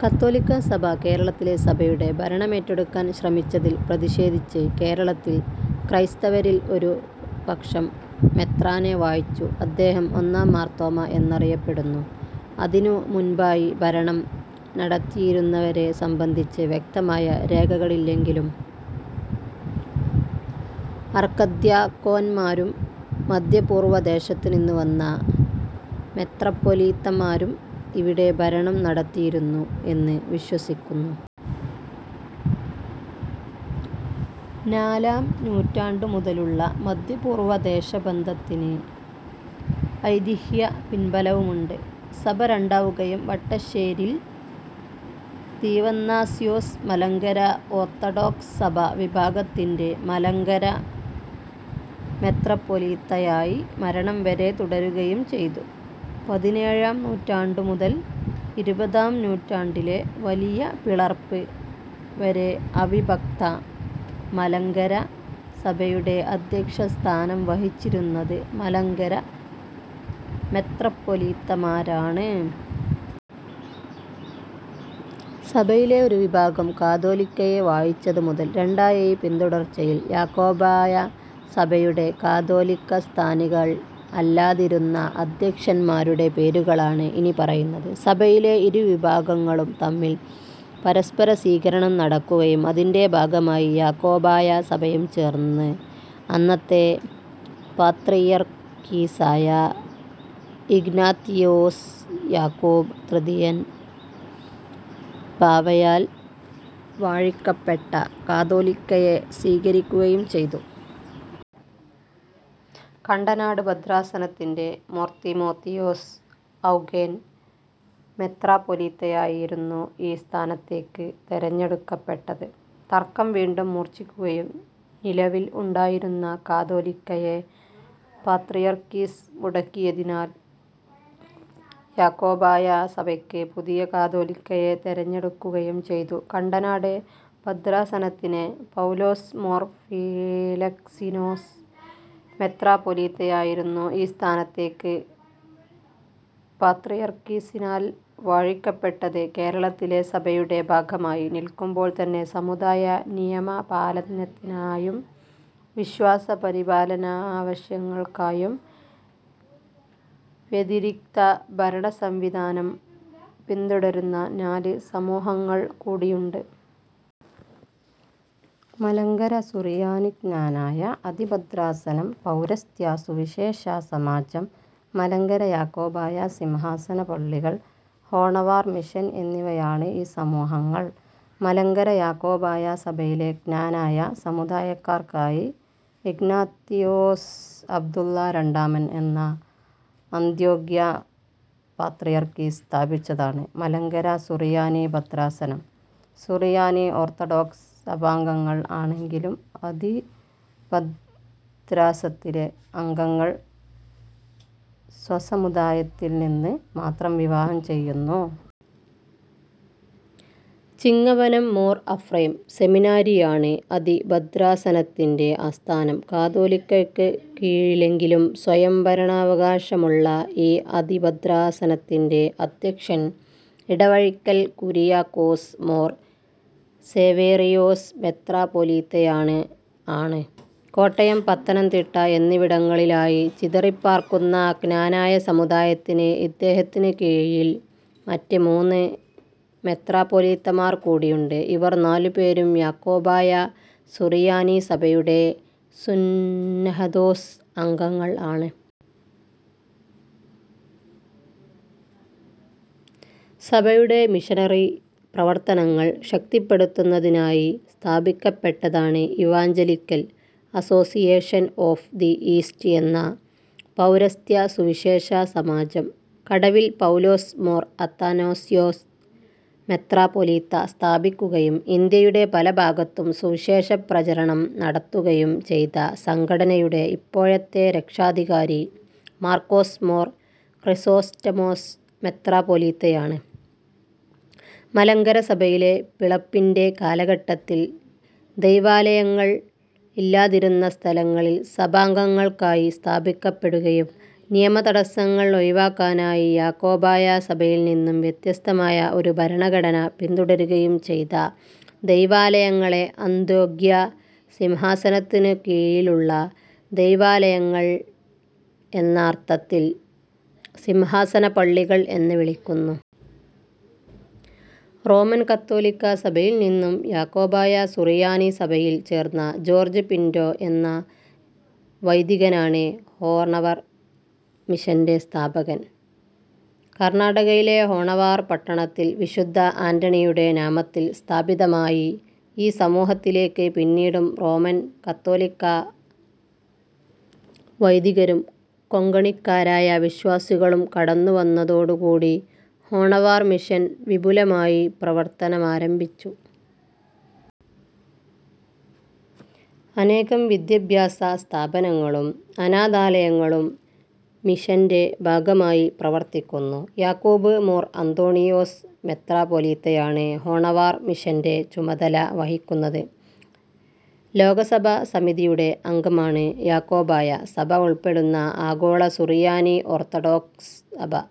കത്തോലിക്ക സഭ കേരളത്തിലെ സഭയുടെ ഭരണമേറ്റെടുക്കാൻ ശ്രമിച്ചതിൽ പ്രതിഷേധിച്ച് കേരളത്തിൽ ക്രൈസ്തവരിൽ ഒരു പക്ഷം മെത്രാനെ വാഴിച്ചു. അദ്ദേഹം ഒന്നാം മാർത്തോമാ എന്നറിയപ്പെടുന്നു. അതിനു മുൻപായി ഭരണം നടത്തിയിരുന്നവരെ സംബന്ധിച്ച് വ്യക്തമായ രേഖകളില്ലെങ്കിലും അർക്കദ്ദ്യാക്കോൻമാരും മധ്യപൂർവ്വദേശത്തുനിന്ന് വന്ന മെത്രാപ്പൊലീത്തമാരും ഇവിടെ ഭരണം നടത്തിയിരുന്നു എന്ന് വിശ്വസിക്കുന്നു. നാലാം നൂറ്റാണ്ടു മുതലുള്ള മധ്യപൂർവ്വദേശബന്ധത്തിന് ഐതിഹ്യ പിൻബലവുമുണ്ട്. സഭ രണ്ടാവുകയും വട്ടശ്ശേരിൽ ദീവന്നാസ്യോസ് മലങ്കര ഓർത്തഡോക്സ് സഭ വിഭാഗത്തിൻ്റെ മലങ്കര മെത്രാപ്പൊലീത്തയായി മരണം വരെ തുടരുകയും ചെയ്തു. പതിനേഴാം നൂറ്റാണ്ടു മുതൽ ഇരുപതാം നൂറ്റാണ്ടിലെ വലിയ പിളർപ്പ് വരെ അവിഭക്ത മലങ്കര സഭയുടേ അദ്ധ്യക്ഷസ്ഥാനം വഹിച്ചിരുന്നത് മലങ്കര മെത്രാപ്പൊലീത്താമാരാണ്. സഭയിലെ ഒരു വിഭാഗം കാതോലിക്കയെ വാഴിച്ചതു മുതൽ രണ്ടായ ഈ പിന്തുടർച്ചയിൽ യാക്കോബായ സഭയുടെ കാതോലിക്കസ്ഥാനികൾ അല്ലാതിരുന്ന അദ്ധ്യക്ഷന്മാരുടെ പേരുകളാണ് ഇനി പറയുന്നത്. സഭയിലെ ഇരുവിഭാഗങ്ങളും തമ്മിൽ പരസ്പരസ്വീകരണം നടക്കുകയും അതിൻ്റെ ഭാഗമായി യാക്കോബായ സഭയും ചേർന്ന് അന്നത്തെ പാത്രിയർക്കീസായ ഇഗ്നാത്തിയോസ് യാക്കൂബ് തൃതിയൻ ബാവയാൽ വാഴിക്കപ്പെട്ട കാതോലിക്കയെ സ്വീകരിക്കുകയും ചെയ്തു. കണ്ടനാട് ഭദ്രാസനത്തിൻ്റെ മോർ തീമോത്തിയോസ് ഔഗേൻ മെത്രാപ്പൊലീത്തയായിരുന്നു ഈ സ്ഥാനത്തേക്ക് തെരഞ്ഞെടുക്കപ്പെട്ടത്. തർക്കം വീണ്ടും മൂർച്ഛിക്കുകയും നിലവിൽ ഉണ്ടായിരുന്ന കാതോലിക്കയെ പാത്രിയർക്കീസ് മുടക്കിയതിനാൽ യാക്കോബായ സഭയ്ക്ക് പുതിയ കാതോലിക്കയെ തെരഞ്ഞെടുക്കുകയും ചെയ്തു. കണ്ടനാട് ഭദ്രാസനത്തിനെ പൗലോസ് മോർ ഫീലക്സീനോസ് മെത്രാപ്പൊലീത്തയായിരുന്നു ഈ സ്ഥാനത്തേക്ക് പാത്രിയർക്കീസിനാൽ വാഴിക്കപ്പെട്ടത് കേരളത്തിലെ സഭയുടെ ഭാഗമായി നിൽക്കുമ്പോൾ തന്നെ സമുദായ നിയമപാലനത്തിനായും വിശ്വാസപരിപാലനാവശ്യങ്ങൾക്കായും വ്യതിരിക്ത ഭരണസംവിധാനം പിന്തുടരുന്ന നാല് സമൂഹങ്ങൾ കൂടിയുണ്ട്. മലങ്കര സുറിയാനി ക്നാനായ അതിഭദ്രാസനം, പൗരസ്ത്യ സുവിശേഷ സമാജം, മലങ്കര യാക്കോബായ സിംഹാസന പള്ളികൾ, ഹോണവാർ മിഷൻ എന്നിവയാണ് ഈ സമൂഹങ്ങൾ. മലങ്കര യാക്കോബായ സഭയിലെ ക്നാനായ സമുദായക്കാർക്കായി ഇഗ്നാത്തിയോസ് അബ്ദുള്ള രണ്ടാമൻ എന്ന അന്ത്യോഖ്യാ പാത്രിയർക്കീസ് സ്ഥാപിച്ചതാണ് മലങ്കര സുറിയാനി ഭദ്രാസനം. സുറിയാനി ഓർത്തഡോക്സ് സഭാംഗങ്ങൾ ആണെങ്കിലും അതിഭദ്രാസത്തിലെ അംഗങ്ങൾ സ്വസമുദായത്തിൽ നിന്ന് മാത്രം വിവാഹം ചെയ്യുന്നു. ചിങ്ങവനം മോർ അഫ്രേം സെമിനാരിയാണ് അതിഭദ്രാസനത്തിൻ്റെ ആസ്ഥാനം. കാതോലിക്കയ്ക്ക് കീഴിലെങ്കിലും സ്വയംഭരണാവകാശമുള്ള ഈ അതിഭദ്രാസനത്തിൻ്റെ അദ്ധ്യക്ഷൻ ഇടവഴിക്കൽ കുരിയാക്കോസ് മോർ സേവേറിയോസ് മെത്രാപ്പൊലീത്തയാണ് ആണ്. കോട്ടയം, പത്തനംതിട്ട എന്നിവിടങ്ങളിലായി ചിതറിപ്പാർക്കുന്ന ക്നാനായ സമുദായത്തിന് ഇദ്ദേഹത്തിനു കീഴിൽ മറ്റ് മുന്ന് മെത്രാപ്പൊലീത്തമാർ കൂടീയുണ്ട്. ഇവർ നാലുപേരും യാക്കോബായ സുറിയാനി സഭയുടേ സുന്നഹദോസ് അംഗങ്ങൾ ആണ്. സഭയുടെ മിഷനറി പ്രവർത്തനങ്ങൾ ശക്തിപ്പെടുത്തുന്നതിനായി സ്ഥാപിക്കപ്പെട്ടതാണ് Evangelical Association of the East എന്ന പൌരസ്ത്യ സുവിശേഷ സമാജം. കടവിൽ പൗലോസ് മോർ അത്താനാസ്യോസ് മെത്രാപ്പൊലീത്ത സ്ഥാപിക്കുകയും ഇന്ത്യയുടേ പലഭാഗത്തും സുവിശേഷപ്രചാരണം നടത്തുകയും ചെയ്ത സംഘടനയുടെ ഇപ്പോഴത്തെ രക്ഷാധികാരി മർക്കോസ് മോർ ക്രിസോസ്റ്റമോസ് മെത്രാപ്പൊലീത്തയാണ്. മലങ്കര സഭയിലെ പിളപ്പിൻ്റെ കാലഘട്ടത്തിൽ ദൈവാലയങ്ങൾ ഇല്ലാതിരുന്ന സ്ഥലങ്ങളിൽ സഭാംഗങ്ങൾക്കായി സ്ഥാപിക്കപ്പെടുകയും നിയമ തടസങ്ങൾ ഒഴിവാക്കാനായി യാക്കോബായ സഭയിൽ നിന്നും വ്യത്യസ്തമായ ഒരു ഭരണഘടന പിന്തുടരുകയും ചെയ്ത ദൈവാലയങ്ങളെ, അന്ത്യോഖ്യാ സിംഹാസനത്തിനു കീഴിലുള്ള ദൈവാലയങ്ങൾ എന്ന അർത്ഥത്തിൽ, സിംഹാസന പള്ളികൾ എന്ന് വിളിക്കുന്നു. റോമൻ കത്തോലിക്ക സഭയിൽ നിന്നും യാക്കോബായ സുറിയാനി സഭയിൽ ചേർന്ന ജോർജ് പിൻ്റൊ എന്ന വൈദികനാണ് ഹോണവാർ മിഷൻ്റെ സ്ഥാപകൻ. കർണാടകയിലെ ഹോണവാർ പട്ടണത്തിൽ വിശുദ്ധ ആൻ്റണിയുടെ നാമത്തിൽ സ്ഥാപിതമായി ഈ സമൂഹത്തിലേക്ക് പിന്നീടും റോമൻ കത്തോലിക്ക വൈദികരും കൊങ്കണിക്കാരായ വിശ്വാസികളും കടന്നു വന്നതോടു കൂടി ഹോണവാർ മിഷൻ വിപുലമായി പ്രവർത്തനമാരംഭിച്ചു. അനേകം വിദ്യാഭ്യാസ സ്ഥാപനങ്ങളും അനാഥാലയങ്ങളും മിഷൻ്റെ ഭാഗമായി പ്രവർത്തിക്കുന്നു. യാക്കൂബ് മോർ അന്തോണിയോസ് മെത്രാപ്പൊലീത്തയാണ് ഹോണവാർ മിഷൻ്റെ ചുമതല വഹിക്കുന്നത്. ലോക സഭാ സമിതിയുടെ അംഗമാണ് യാക്കോബായ സഭ ഉൾപ്പെടുന്ന ആഗോള സുറിയാനി ഓർത്തഡോക്സ് സഭ.